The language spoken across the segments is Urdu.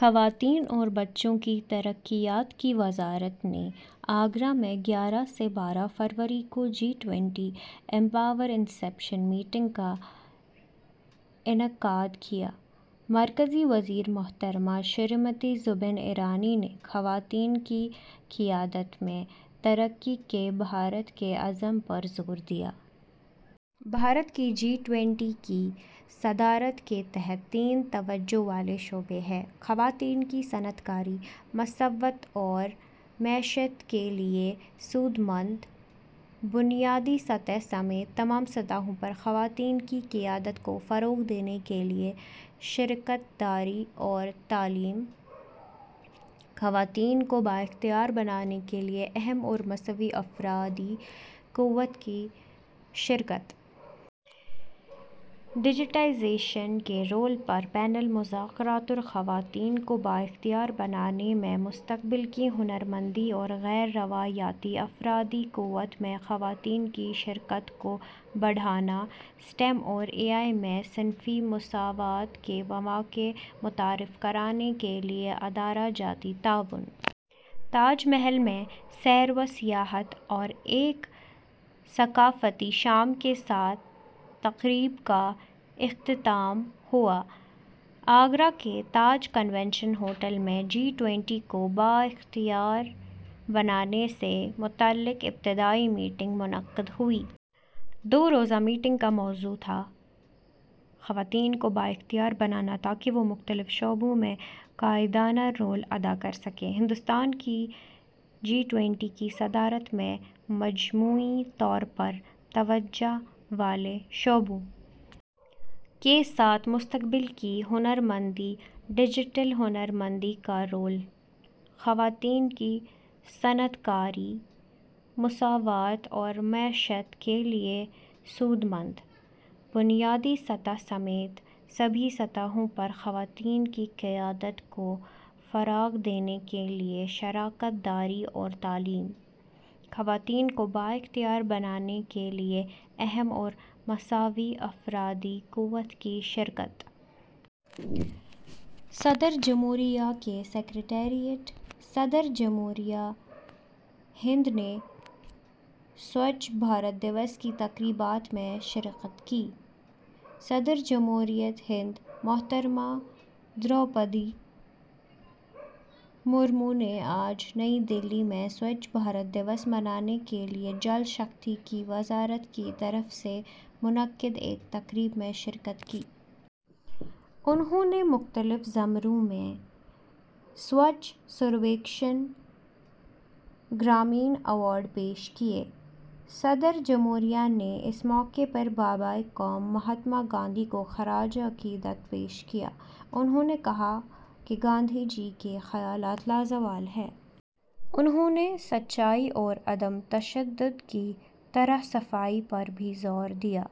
خواتین اور بچوں کی ترقیات کی وزارت نے آگرہ میں گیارہ سے بارہ فروری کو G twenty empower inception meeting کا انعقاد کیا۔ مرکزی وزیر محترمہ اسمرتی زوبین ایرانی نے خواتین کی قیادت میں ترقی کے بھارت کے عزم پر زور دیا ہے۔ بھارت کی جی ٹوئنٹی کی صدارت کے تحت تین توجہ والے شعبے ہیں: خواتین کی صنعت کاری، مساوات اور معیشت کے لیے سود مند؛ بنیادی سطح سمیت تمام سطحوں پر خواتین کی قیادت کو فروغ دینے کے لیے شراکت داری اور تعلیم؛ خواتین کو بااختیار بنانے کے لیے اہم اور مساوی افرادی قوت کی شرکت۔ ڈیجیٹائزیشن کے رول پر پینل مذاکرات اور خواتین کو بااختیار بنانے میں مستقبل کی ہنرمندی اور غیر روایتی افرادی قوت میں خواتین کی شرکت کو بڑھانا، ایس ٹی ای ایم اور اے آئی میں صنفی مساوات کے مواقع متعارف کرانے کے لیے ادارہ جاتی تعاون۔ تاج محل میں سیر و سیاحت اور ایک ثقافتی شام کے ساتھ تقریب کا اختتام ہوا۔ آگرہ کے تاج کنونشن ہوٹل میں جی ٹوئنٹی کو بااختیار بنانے سے متعلق ابتدائی میٹنگ منعقد ہوئی۔ دو روزہ میٹنگ کا موضوع تھا: خواتین کو بااختیار بنانا تاکہ وہ مختلف شعبوں میں قائدانہ رول ادا کر سکیں، ہندوستان کی جی ٹوئنٹی کی صدارت میں مجموعی طور پر توجہ والے شعبوں کے ساتھ مستقبل کی ہنرمندی اور ڈیجیٹل ہنرمندی کا رول، خواتین کی صنعت کاری، مساوات اور معیشت کے لیے سود مند، بنیادی سطح سمیت سبھی سطحوں پر خواتین کی قیادت کو فروغ دینے کے لیے شراکت داری اور تعلیم، خواتین کو بااختیار بنانے کے لیے اہم اور مساوی افرادی قوت کی شرکت۔ صدر جمہوریہ کا سکریٹریٹ۔ صدر جمہوریہ ہند نے سوچھ بھارت دیوس کی تقریبات میں شرکت کی۔ صدر جمہوریہ ہند محترمہ دروپدی مرمو نے آج نئی دہلی میں سوچھ بھارت دیوس منانے کے لیے جل شکتی کی وزارت کی طرف سے منعقد ایک تقریب میں شرکت کی۔ انھوں نے مختلف زمروں میں سوچھ سرویکشن گرامین ایوارڈ پیش کیے۔ صدر جمہوریہ نے اس موقع پر بابائے قوم مہاتما گاندھی کو خراج عقیدت پیش کیا۔ انھوں نے کہا کہ گاندھی جی کے خیالات لازوال ہیں۔ انھوں نے سچائی اور عدم تشدد کی طرح صفائی پر بھی زور دیا۔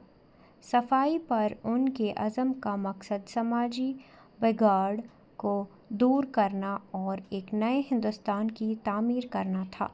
صفائی پر ان کے عزم کا مقصد سماجی بگاڑ کو دور کرنا اور ایک نئے ہندوستان کی تعمیر کرنا تھا۔